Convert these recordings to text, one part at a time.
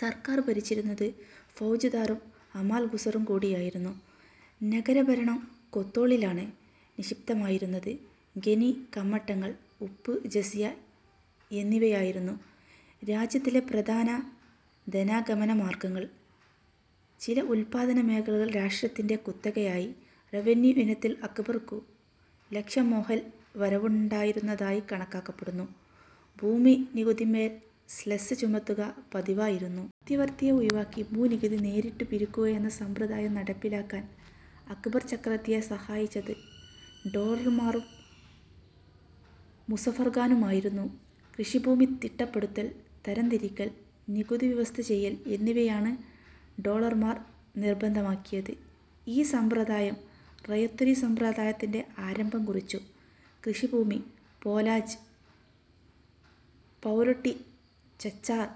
സർക്കാർ ഭരിച്ചിരുന്നത് ഫൌജ്ദാരും അമാൽ ഗുസരും കൂടിയായിരുന്നു. നഗരഭരണം കൊത്ത്വാളിലാണ് നിക്ഷിപ്തമായിരുന്നത്. ഖനി, കമ്മട്ടങ്ങൾ, ഉപ്പ്, ജസിയ എന്നിവയായിരുന്നു രാജ്യത്തിലെ പ്രധാന ധനാഗമന മാർഗങ്ങൾ. ചില ഉത്പാദനമേഖലകൾ രാഷ്ട്രത്തിന്റെ കുത്തകയായി. റവന്യൂ ഇനത്തിൽ അക്ബർക്കു ലക്ഷം മോഹർ വരവുണ്ടായിരുന്നതായി കണക്കാക്കപ്പെടുന്നു. ഭൂനികുതിയിന്മേൽ 'സെസ്സ്' ചുമത്തുക പതിവായിരുന്നു. മധ്യവർത്തിയെ ഒഴിവാക്കി ഭൂനികുതി നേരിട്ടു പിരിക്കുകയെന്ന സമ്പ്രദായം നടപ്പിലാക്കാൻ അക്ബർ ചക്രവർത്തിയെ സഹായിച്ചത് ടോഡർമാളും മുസഫർഖാനുമായിരുന്നു. കൃഷിഭൂമി തിട്ടപ്പെടുത്തൽ, തരംതിരിക്കൽ, നികുതി വ്യവസ്ഥ ചെയ്യൽ എന്നിവയാണ് ടോഡർമാൾ നിർബന്ധിതമാക്കിയത്. ഈ സമ്പ്രദായം 'റയത്ത്വാരി' സമ്പ്രദായത്തിന്റെ ആരംഭം കുറിച്ചു. കൃഷിഭൂമി 'പോലാജ്'; 'പരൌട്ടി'; 'ചച്ചാർ'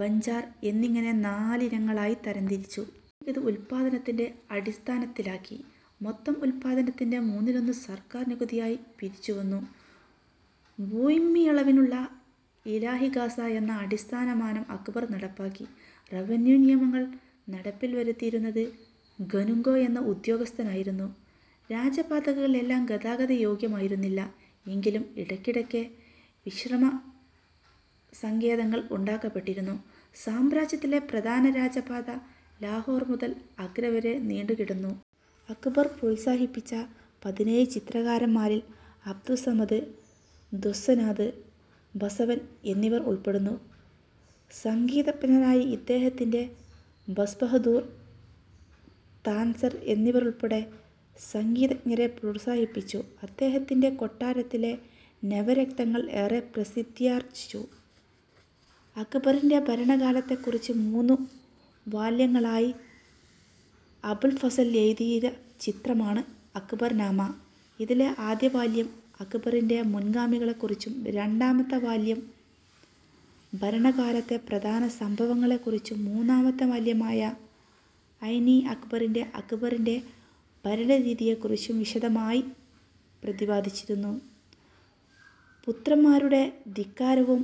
ബൻജാർ എന്നിങ്ങനെ നാലിനങ്ങളായി തരംതിരിച്ചു. ഭൂനികുതി ഉത്പാദനത്തിന്റെ അടിസ്ഥാനത്തിലാക്കി. മൊത്തം ഉത്പാദനത്തിന്റെ മൂന്നിലൊന്ന് സർക്കാർ നികുതിയായി പിരിച്ചുവന്നു. ഭൂമിയളവിനുള്ള 'ഇലാഹിഗാസ' എന്ന അടിസ്ഥാനമാനം അക്ബർ നടപ്പാക്കി. റവന്യൂ നിയമങ്ങൾ നടപ്പിൽ വരുത്തിയിരുന്നത് 'കനുംഗോ' എന്ന ഉദ്യോഗസ്ഥനായിരുന്നു. രാജപാതകൾ എല്ലാം ഗതാഗതയോഗ്യമായിരുന്നില്ല. എങ്കിലും ഇടയ്ക്കിടെ വിശ്രമസങ്കേതങ്ങൾ ഉണ്ടാക്കപ്പെട്ടിരുന്നു. സാമ്രാജ്യത്തിലെ പ്രധാന രാജപാത ലാഹോർ മുതൽ ആഗ്രവരെ നീണ്ടുകിടന്നു. അക്ബർ പ്രോത്സാഹിപ്പിച്ച പതിനേഴു ചിത്രകാരന്മാരിൽ അബ്ദുസ്സമദ്, ദസ്വനാഥ്, ബസവൻ എന്നിവർ ഉൾപ്പെടുന്നു. സംഗീതതത്പരനായിരുന്ന ഇദ്ദേഹം ബസ്ബഹദൂർ, താൻസൻ എന്നിവരുൾപ്പെടെ സംഗീതജ്ഞരെ പ്രോത്സാഹിപ്പിച്ചു. അദ്ദേഹത്തിന്റെ കൊട്ടാരത്തിലെ നവരത്നങ്ങൾ ഏറെ പ്രസിദ്ധിയാർജിച്ചു: അക്ബറിന്റെ ഭരണകാലത്തെക്കുറിച്ച് മൂന്നു വാല്യങ്ങളിലായി അബുൾ ഫസൽ, എഴുതിയ ചരിത്രമാണ് അക്ബർ നാമ. ഇതിലെ ആദ്യവാല്യം അക്ബറിന്റെ മുൻഗാമികളെക്കുറിച്ചും രണ്ടാമത്തെ വാല്യം ഭരണകാലത്തെ പ്രധാന സംഭവങ്ങളെക്കുറിച്ചും, മൂന്നാമത്തെ വാല്യമായ ഐൻ ഇ അക്ബറിയിൽ അക്ബറിന്റെ ഭരണരീതിയെക്കുറിച്ചും വിശദമായി പ്രതിപാദിച്ചിരിക്കുന്നു പുത്രന്മാരുടെ ധിക്കാരവും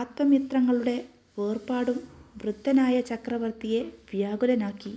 ആപ്തമിത്രങ്ങളുടെ വേർപാടും വൃദ്ധനായ ചക്രവർത്തിയെ വ്യാകുലനാക്കി.